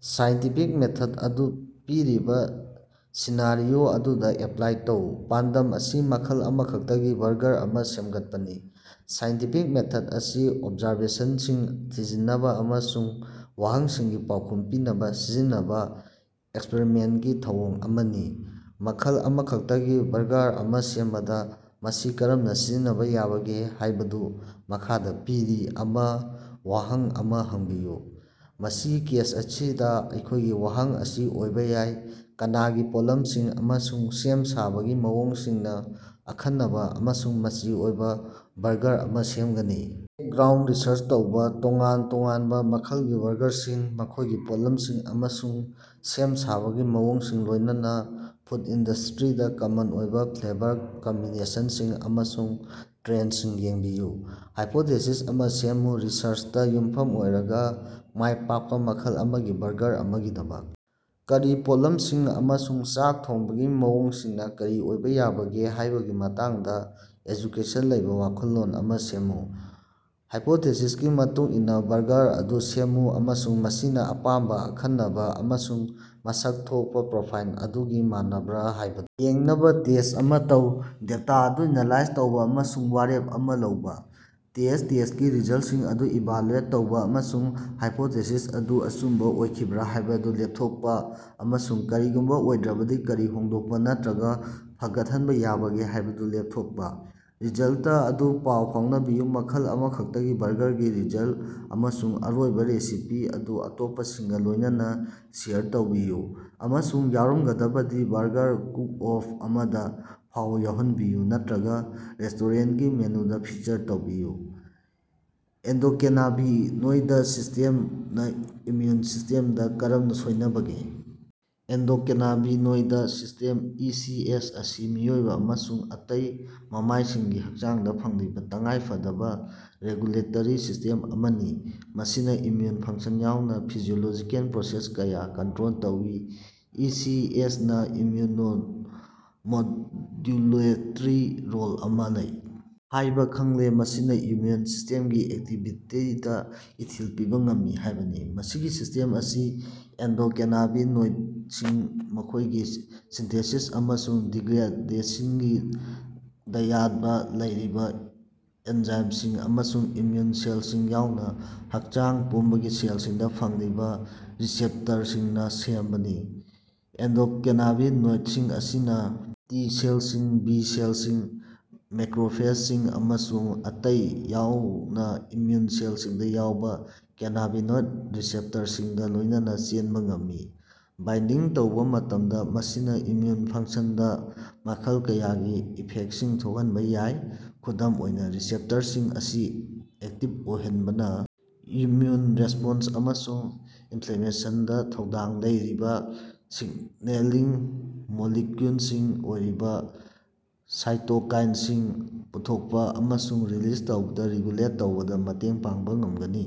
Scientific ꯃꯦꯊꯗ ꯑꯗꯨ ꯄꯤꯔꯤꯕ ꯁꯤꯅꯥꯔꯤꯑꯣ ꯑꯗꯨꯗ ꯑꯦꯄ꯭ꯂꯥꯏ ꯇꯧ꯫ ꯄꯥꯟꯗꯝ ꯑꯁꯤ ꯃꯈꯜ ꯑꯃꯈꯛꯇꯒꯤ ꯕꯔꯒꯔ ꯑꯃ ꯁꯦꯝꯒꯠꯄꯅꯤ꯫ ꯁꯥꯏꯟꯇꯤꯐꯤꯛ ꯃꯦꯊꯗ ꯑꯁꯤ ꯑꯣꯕꯖꯥꯔꯕꯦꯁꯟꯁꯤꯡ ꯊꯤꯖꯤꯟꯅꯕ ꯑꯃꯁꯨꯡ ꯋꯥꯍꯪꯁꯤꯡꯒꯤ ꯄꯥꯎꯈꯨꯝ ꯄꯤꯅꯕ ꯁꯤꯖꯤꯟꯅꯕ ꯑꯦꯛꯁ꯭ꯄꯔꯤꯃꯦꯟꯇꯀꯤ ꯊꯧꯑꯣꯡ ꯑꯃꯅꯤ꯫ ꯃꯈꯜ ꯑꯃꯈꯛꯇꯒꯤ ꯕꯔꯒꯥꯔ ꯑꯃ ꯁꯦꯝꯕꯗ ꯃꯁꯤ ꯀꯔꯝꯅ ꯁꯤꯖꯤꯟꯅꯕ ꯌꯥꯕꯒꯦ ꯍꯥꯏꯕꯗꯨ ꯃꯈꯥꯗ ꯄꯤꯔꯤ ꯑꯃ ꯋꯥꯍꯪ ꯑꯃ ꯍꯪꯕꯤꯌꯨ꯫ ꯃꯁꯤꯒꯤ ꯀꯦꯁ ꯑꯁꯤꯗ ꯑꯩꯈꯣꯏꯒꯤ ꯋꯥꯍꯪ ꯑꯁꯤ ꯑꯣꯏꯕ ꯌꯥꯏ: "ꯀꯅꯥꯒꯤ ꯄꯣꯠꯂꯝꯁꯤꯡ ꯑꯃꯁꯨꯡ ꯁꯦꯝ ꯁꯥꯕꯒꯤ ꯃꯑꯣꯡꯁꯤꯡꯅ ꯑꯈꯟꯅꯕ ꯑꯃꯁꯨꯡ ꯃꯆꯤ ꯑꯣꯏꯕ ꯕꯔꯒꯥꯔ ꯑꯃ ꯁꯦꯝꯒꯅꯤ꯫"? ꯕꯦꯛꯒ꯭ꯔꯥꯎꯟꯗ ꯔꯤꯁꯔꯆ ꯇꯧꯕ꯫ ꯇꯣꯉꯥꯟ ꯇꯣꯉꯥꯟꯕ ꯃꯈꯜꯒꯤ ꯕꯔꯒꯥꯔꯁꯤꯡ, ꯃꯈꯣꯏꯒꯤ ꯄꯣꯠꯂꯝꯁꯤꯡ, ꯑꯃꯁꯨꯡ ꯁꯦꯝ ꯁꯥꯕꯒꯤ ꯃꯑꯣꯡꯁꯤꯡ, ꯂꯣꯏꯅꯅ ꯐꯨꯗ ꯏꯟꯗꯁꯇꯔꯤꯗꯥ ꯀꯃꯟ ꯑꯣꯏꯕ ꯐ꯭ꯂꯦꯕꯔ ꯀꯝꯕꯤꯅꯦꯁꯟꯁꯤꯡ ꯑꯃꯁꯨꯡ ꯇ꯭ꯔꯦꯟꯗꯁꯤꯡ ꯌꯦꯡꯕꯤꯌꯨ꯫ ꯍꯥꯏꯄꯣꯇꯦꯁꯤꯁ ꯑꯃ ꯁꯦꯝꯃꯨ꯫ ꯔꯤꯁꯔꯆꯇ ꯌꯨꯝꯐꯝ ꯑꯣꯏꯔꯒ, ꯃꯥꯏꯄꯥꯛꯄ ꯃꯈꯜ ꯑꯃꯒꯤ ꯕꯔꯒꯥꯔ ꯑꯃꯒꯤꯗꯃꯛ ꯀꯔꯤ ꯄꯣꯠꯂꯝꯁꯤꯡ ꯑꯃꯁꯨꯡ ꯆꯥꯛ ꯊꯣꯡꯕꯒꯤ ꯃꯑꯣꯡꯁꯤꯡꯅ ꯀꯔꯤ ꯑꯣꯏꯕ ꯌꯥꯕꯒꯦ ꯍꯥꯏꯕꯒꯤ ꯃꯇꯥꯡꯗ ꯑꯦꯖꯨꯀꯦꯁꯟ ꯂꯩꯕ ꯋꯥꯈꯜꯂꯣꯟ ꯑꯃ ꯁꯦꯝꯃꯨ꯫ ꯍꯥꯏꯄꯣꯊꯦꯁꯤꯁꯀꯤ ꯃꯇꯨꯡ ꯏꯟꯅ ꯕꯔꯒꯥꯔ ꯑꯗꯨ ꯁꯦꯝꯃꯨ ꯑꯃꯁꯨꯡ ꯃꯁꯤꯅ ꯑꯄꯥꯝꯕ ꯑꯈꯟꯅꯕ ꯑꯃꯁꯨꯡ ꯃꯁꯛ ꯊꯣꯛꯄ ꯄ꯭ꯔꯣꯐꯥꯏꯜ ꯑꯗꯨꯒ ꯃꯥꯟꯅꯕ꯭ꯔ ꯍꯥꯏꯕ ꯌꯦꯡꯅꯕ ꯇꯦꯁ꯭ꯠ ꯑꯃ ꯇꯧ꯫ ꯗꯦꯇꯥ ꯑꯗꯨ ꯑꯦꯅꯥꯂꯥꯏꯖ ꯇꯧꯕ ꯑꯃꯁꯨꯡ ꯋꯥꯔꯦꯞ ꯑꯃ ꯂꯧꯕ꯫ ꯇꯦꯁ꯭ꯠ ꯇꯦꯁ꯭ꯇꯀꯤ ꯔꯤꯖꯜꯁꯤꯡ ꯑꯗꯨ ꯏꯚꯥꯂꯨꯑꯦꯠ ꯇꯧꯕ ꯑꯃꯁꯨꯡ ꯍꯥꯏꯄꯣꯊꯦꯁꯤꯁ ꯑꯗꯨ ꯑꯆꯨꯝꯕ ꯑꯣꯏꯈꯤꯕ꯭ꯔ ꯍꯥꯏꯕꯗꯨ ꯂꯦꯞꯊꯣꯛꯄ, ꯑꯃꯁꯨꯡ ꯀꯔꯤꯒꯨꯝꯕ ꯑꯣꯏꯗ꯭ꯔꯕꯗꯤ ꯀꯔꯤ ꯍꯣꯡꯗꯣꯛꯄ ꯅꯠꯇꯔꯒ ꯐꯒꯠꯍꯟꯕ ꯌꯥꯕꯒꯦ ꯍꯥꯏꯕꯗꯨ ꯂꯦꯞꯊꯣꯛꯄ꯫ ꯔꯤꯖꯜꯇ ꯑꯗꯨ ꯄꯥꯎ ꯐꯥꯎꯅꯕꯤꯌꯨ꯫ ꯃꯈꯜ ꯑꯃꯈꯛꯇꯒꯤ ꯕꯔꯒꯥꯔꯒꯤ ꯔꯤꯖꯜꯇ ꯑꯃꯁꯨꯡ ꯑꯔꯣꯏꯕ ꯔꯦꯁꯤꯄꯤ ꯑꯗꯨ ꯑꯇꯣꯞꯄꯁꯤꯡꯒ ꯂꯣꯏꯅꯅ ꯁꯦꯌꯔ ꯇꯧꯕꯤꯌꯨ, ꯑꯃꯁꯨꯡ ꯌꯥꯎꯔꯝꯒꯗꯕꯗꯤ ꯕꯔꯒꯥꯔ ꯀꯨꯛ-ꯑꯣꯐ ꯑꯃꯗ ꯐꯥꯎꯕ ꯌꯥꯎꯍꯟꯕꯤꯌꯨ ꯅꯠꯇꯔꯒ ꯔꯦꯁ꯭ꯇꯣꯔꯦꯟꯇꯀꯤ ꯃꯦꯅꯨꯗ ꯐꯤꯆꯔ ꯇꯧꯕꯤꯌꯨ꯫ ꯑꯦꯟꯗꯣꯀꯦꯅꯥꯕꯤꯅꯣꯏꯗ ꯁꯤꯁ꯭ꯇꯦꯝꯅ ꯏꯝꯃꯌꯨꯟ ꯁꯤꯁ꯭ꯇꯦꯝꯗ ꯀꯔꯝꯅ ꯁꯣꯏꯅꯕꯒꯦ? Endocannabinoid system (E. ꯁꯤ. ꯑꯦꯁ.) ꯑꯁꯤ ꯃꯤꯑꯣꯏꯕ ꯑꯃꯁꯨꯡ ꯑꯇꯩ ꯃꯃꯥꯏꯁꯤꯡꯒꯤ ꯍꯛꯆꯥꯡꯗ ꯐꯪꯂꯤꯕ ꯇꯉꯥꯏꯐꯗꯕ ꯔꯦꯒꯨꯂꯦꯇꯔꯤ ꯁꯤꯁ꯭ꯇꯦꯝ ꯑꯃꯅꯤ꯫ ꯃꯁꯤꯅ ꯏꯝꯃ꯭ꯌꯨꯟ ꯐꯪꯁꯟ ꯌꯥꯎꯅ ꯐꯤꯖꯤꯑꯣꯂꯣꯖꯤꯀꯦꯜ ꯄ꯭ꯔꯣꯁꯦꯁ ꯀꯌꯥ ꯀꯟꯇ꯭ꯔꯣꯟ ꯇꯧꯏ꯫ ꯏ. ꯁꯤ. ꯑꯦꯁ. ꯅꯥ ꯏꯝꯃ꯭ꯌꯨꯅꯣꯃꯣꯗ꯭ꯌꯨꯂꯦꯇꯔꯤ ꯔꯣꯜ ꯑꯃ ꯂꯩ ꯍꯥꯏꯕ ꯈꯪꯂꯦ, ꯃꯁꯤꯅ ꯏꯝꯃꯌꯨꯟ ꯁꯤꯁ꯭ꯇꯦꯝꯒꯤ ꯑꯦꯛꯇꯤꯚꯤꯇꯤꯗ ꯏꯊꯤꯜ ꯄꯤꯕ ꯉꯝꯃꯤ ꯍꯥꯏꯕꯅꯤ꯫ ꯃꯁꯤꯒꯤ ꯁꯤꯁ꯭ꯇꯦꯝ ꯑꯁꯤ ꯑꯦꯟꯗꯣꯀꯦꯅꯥꯕꯤꯅꯣꯏꯗꯁꯤꯡ, ꯃꯈꯣꯏꯒꯤꯁꯤꯟ ꯁꯤꯟꯊꯦꯁꯤꯁ ꯑꯃꯁꯨꯡ ꯗꯤꯒ꯭ꯔꯦꯌꯥꯗꯦꯁꯤꯡꯒꯤ ꯗꯥꯌꯥꯠꯕ ꯂꯧꯔꯤꯕꯥ ꯑꯦꯟꯖꯥꯏꯝꯁꯤꯡ ꯑꯃꯁꯨꯡ ꯏꯝꯃꯌꯨꯟ ꯁꯦꯜꯁꯤꯡ ꯌꯥꯎꯅ ꯍꯛꯆꯥꯡ ꯄꯨꯝꯕꯒꯤ ꯁꯦꯜꯁꯤꯡꯗ ꯐꯪꯂꯤꯕ ꯔꯤꯁꯦꯞꯇꯔꯁꯤꯡꯅ ꯁꯦꯝꯕꯅꯤ꯫ ꯑꯦꯟꯗꯣꯀꯦꯅꯥꯕꯤꯅꯣꯏꯗꯁꯤꯡ ꯑꯁꯤꯅ ꯇꯤ ꯁꯦꯜꯁꯤꯡ, ꯕꯤ ꯁꯦꯜꯁꯤꯡ, ꯃꯦꯀꯔꯣꯐꯦꯖꯁꯤꯡ ꯑꯃꯁꯨꯡ ꯑꯇꯩ ꯌꯥꯎꯅ ꯏꯝꯃꯌꯨꯟ ꯁꯦꯜꯁꯤꯡꯗ ꯌꯥꯎꯕ ꯀꯦꯅꯥꯕꯤꯅꯣꯏꯗ ꯔꯤꯁꯦꯞꯇꯔꯁꯤꯡꯒ ꯂꯣꯏꯅꯅ ꯆꯦꯟꯕ ꯉꯝꯃꯤ꯫ ꯕꯥꯏꯟꯗꯤꯡ ꯇꯧꯕ ꯃꯇꯝꯗ, ꯃꯁꯤꯅ ꯏꯝꯃꯌꯨꯟ ꯐꯪꯁꯟꯗ ꯃꯈꯜ ꯀꯌꯥꯒꯤ ꯏꯐꯦꯛꯇꯁꯤꯡ ꯊꯣꯛꯍꯟꯕ ꯌꯥꯏ꯫ ꯈꯨꯗꯝ ꯑꯣꯏꯅ, ꯔꯤꯁꯦꯞꯇꯔꯁꯤꯡ ꯑꯁꯤ ꯑꯦꯛꯇꯤꯚ ꯑꯣꯏꯍꯟꯕꯅ ꯏꯝꯃꯌꯨꯟ ꯔꯦꯁꯄꯣꯟꯁ ꯑꯃꯁꯨꯡ ꯏꯟꯐ꯭ꯂꯦꯃꯦꯁꯟꯗ ꯊꯧꯗꯥꯡ ꯂꯧꯔꯤꯕ ꯁꯤꯒꯅꯦꯂꯤꯡ ꯃꯣꯂꯤꯀ꯭ꯌꯨꯜꯁꯤꯡ ꯑꯣꯏꯔꯤꯕ ꯁꯥꯏꯇꯣꯀꯥꯏꯟꯁꯤꯡ ꯄꯨꯊꯣꯛꯄ ꯑꯃꯁꯨꯡ ꯔꯤꯂꯤꯖ ꯇꯧꯕꯗ ꯔꯤꯒꯨꯂꯦꯠ ꯇꯧꯕꯗ ꯃꯇꯦꯡ ꯄꯥꯡꯕ ꯉꯝꯒꯅꯤ꯫